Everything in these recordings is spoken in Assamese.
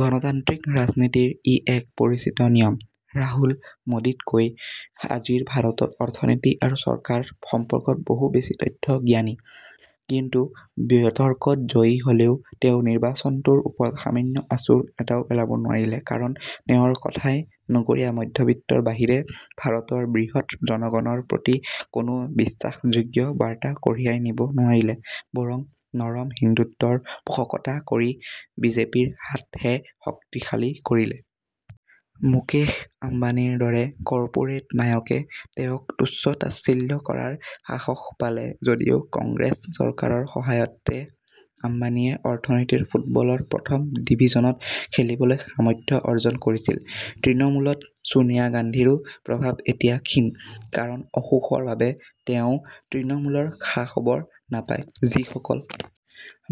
গণতান্ত্ৰিক ৰাজনীতিৰ ই এক পৰিচিত নিয়ম। ৰাহুল মোদীতকৈ আজিৰ ভাৰতৰ অৰ্থনীতি আৰু চৰকাৰ সম্পৰ্কত বহু বেছি তথ্য জ্ঞানী। কিন্তু বিতৰ্কত জয়ী হ'লেও তেওঁ নিৰ্বাচনটোৰ ওপৰত সামান্য আঁচোৰ এটাও পেলাব নোৱাৰিলে। কাৰণ তেওঁৰ কথাই নগৰীয়া মধ্যবিত্তৰ বাহিৰে ভাৰতৰ বৃহৎ জনগণৰ প্ৰতি কোনো বিশ্বাসযোগ্য বাৰ্তা কঢ়িয়াই নিব নোৱাৰিলে, বৰং নৰম হিন্দুত্বৰ পোষকতা কৰি বিজেপিৰ হাতহে শক্তিশালী কৰিলে। মুকেশ আম্বানিৰ দৰে কৰ্পোৰেট নায়কে তেওঁক তুচ্ছতাচ্ছিল্য কৰাৰ সাহস পালে যদিও কংগ্ৰেছ চৰকাৰৰ সহায়তে আম্বানিয়ে অৰ্থনীতিৰ ফুটবলৰ প্ৰথম ডিভিজনত খেলিবলৈ সামৰ্থ্য অৰ্জন কৰিছিল। তৃণমূলত ছোনিয়া গান্ধীৰো প্ৰভাৱ এতিয়া ক্ষীণ। কাৰণ অসুখৰ বাবে তেওঁ তৃণমূলৰ খা-খবৰ নাপায়। যিসকল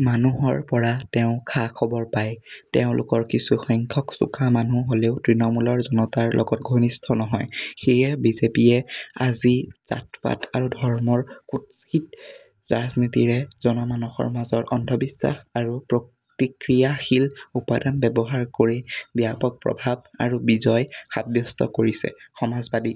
মানুহৰ পৰা তেওঁ খা-খবৰ পায়, তেওঁলোকৰ কিছু সংখ্যক চোকা মানুহ হ'লেও তৃণমূলৰ জনতাৰ লগত ঘনিষ্ঠ নহয়। সেয়ে বিজেপিয়ে আজি জাতপাত আৰু ধৰ্মৰ কুৎসিত ৰাজনীতিৰে জনমানসৰ মাজৰ অন্ধবিশ্বাস আৰু প্ৰতিক্ৰিয়াশীল উপাদান ব্যৱহাৰ কৰি ব্যাপক প্ৰভাৱ আৰু বিজয় সাব্যস্ত কৰিছে। সমাজবাদী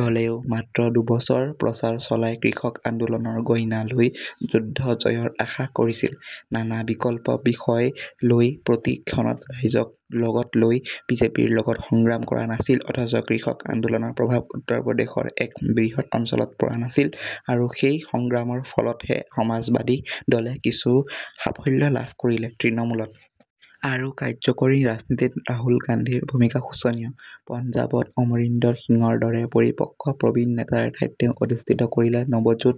দলেও মাত্ৰ দুবছৰ প্ৰচাৰ চলাই কৃষক আন্দোলনৰ গইনা লৈ যুদ্ধজয়ৰ আশা কৰিছিল। নানা বিকল্প বিষয় লৈ প্ৰতি ক্ষণত ৰাইজক লগত লৈ বিজেপিৰ লগত সংগ্ৰাম কৰা নাছিল, অথচ কৃষক আন্দোলনৰ প্ৰভাৱ উত্তৰ প্ৰদেশৰ এক বৃহৎ অঞ্চলত পৰা নাছিল আৰু সেই সংগ্ৰামৰ ফলতহে সমাজবাদী দলে কিছু সাফল্য লাভ কৰিলে। তৃণমূলত আৰু কাৰ্যকৰী ৰাজনীতিত ৰাহুল গান্ধীৰ ভূমিকা শোচনীয়। পঞ্জাবত অমৰিন্দৰ সিঙৰ দৰে পৰিপক্ক প্ৰবীণ নেতাৰ ঠাইত তেওঁ অধিস্থিত কৰিলে নৱজোৎ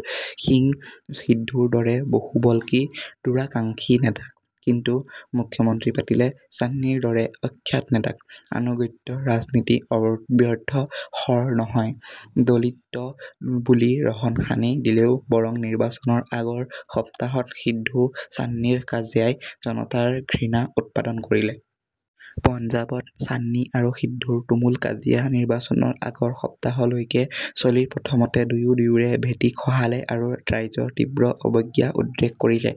সিং সিদ্ধুৰ দৰে বহুবল্কী, দুৰাকাঙ্ক্ষী নেতাক। কিন্তু মুখ্য মন্ত্ৰী পাতিলে চান্নিৰ দৰে অখ্যাত নেতাক। আনুগত্যৰ ৰাজনীতি অব্যৰ্থ শৰ নহয়, দলিত বুলি ৰহণ সানি দিলেও বৰং নিৰ্বাচনৰ আগৰ সপ্তাহত সিদ্ধু চান্নিৰ কাজিয়াই জনতাৰ ঘৃণা উৎপাদন কৰিলে। পঞ্জাবত চান্নি আৰু সিদ্ধুৰ তুমুল কাজিয়া নিৰ্বাচনৰ আগৰ সপ্তাহলৈকে চলি প্ৰথমতে দুয়ো দুয়োৰে ভেটি খহালে আৰু ৰাইজৰ তীব্ৰ অৱজ্ঞা উদ্ৰেক কৰিলে।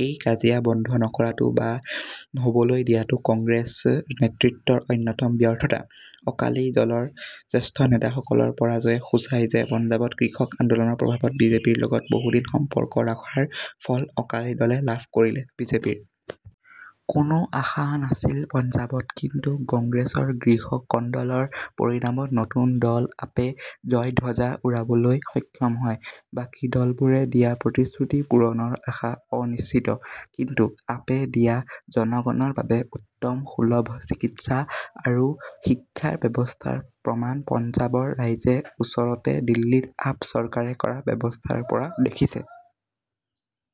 এই কাজিয়া বন্ধ নকৰাটো বা হ'বলৈ দিয়াটো কংগ্ৰেছ নেতৃত্বৰ অন্যতম ব্যৰ্থতা। অকালি দলৰ জ্যেষ্ঠ নেতা সকলৰ পৰাজয়ে সূচায় যে পঞ্জাবত কৃষক আন্দোলনৰ প্ৰভাবত বিজেপিৰ লগত বহুদিন সম্পৰ্ক ৰখাৰ ফল অকালি দলে লাভ কৰিলে। বিজেপিৰ কোনো আশা নাছিল পঞ্জাবত। কিন্তু কংগ্ৰেছৰ গৃহকন্দলৰ পৰিণামত নতুন দল আপে জয়ধ্বজা উৰাবলৈ সক্ষম হয়। বাকী দলবোৰে দিয়া প্ৰতিশ্ৰুতি পূৰণৰ আশা অনিশ্চিত। কিন্তু আপে দিয়া জনগণৰ বাবে উত্তম সুলভ চিকিৎসা আৰু শিক্ষাৰ ব্যৱস্থাৰ প্ৰমাণ পঞ্জাবৰ ৰাইজে ওচৰতে দিল্লীত আপ চৰকাৰে কৰা ব্যৱস্থাৰ পৰা দেখিছে।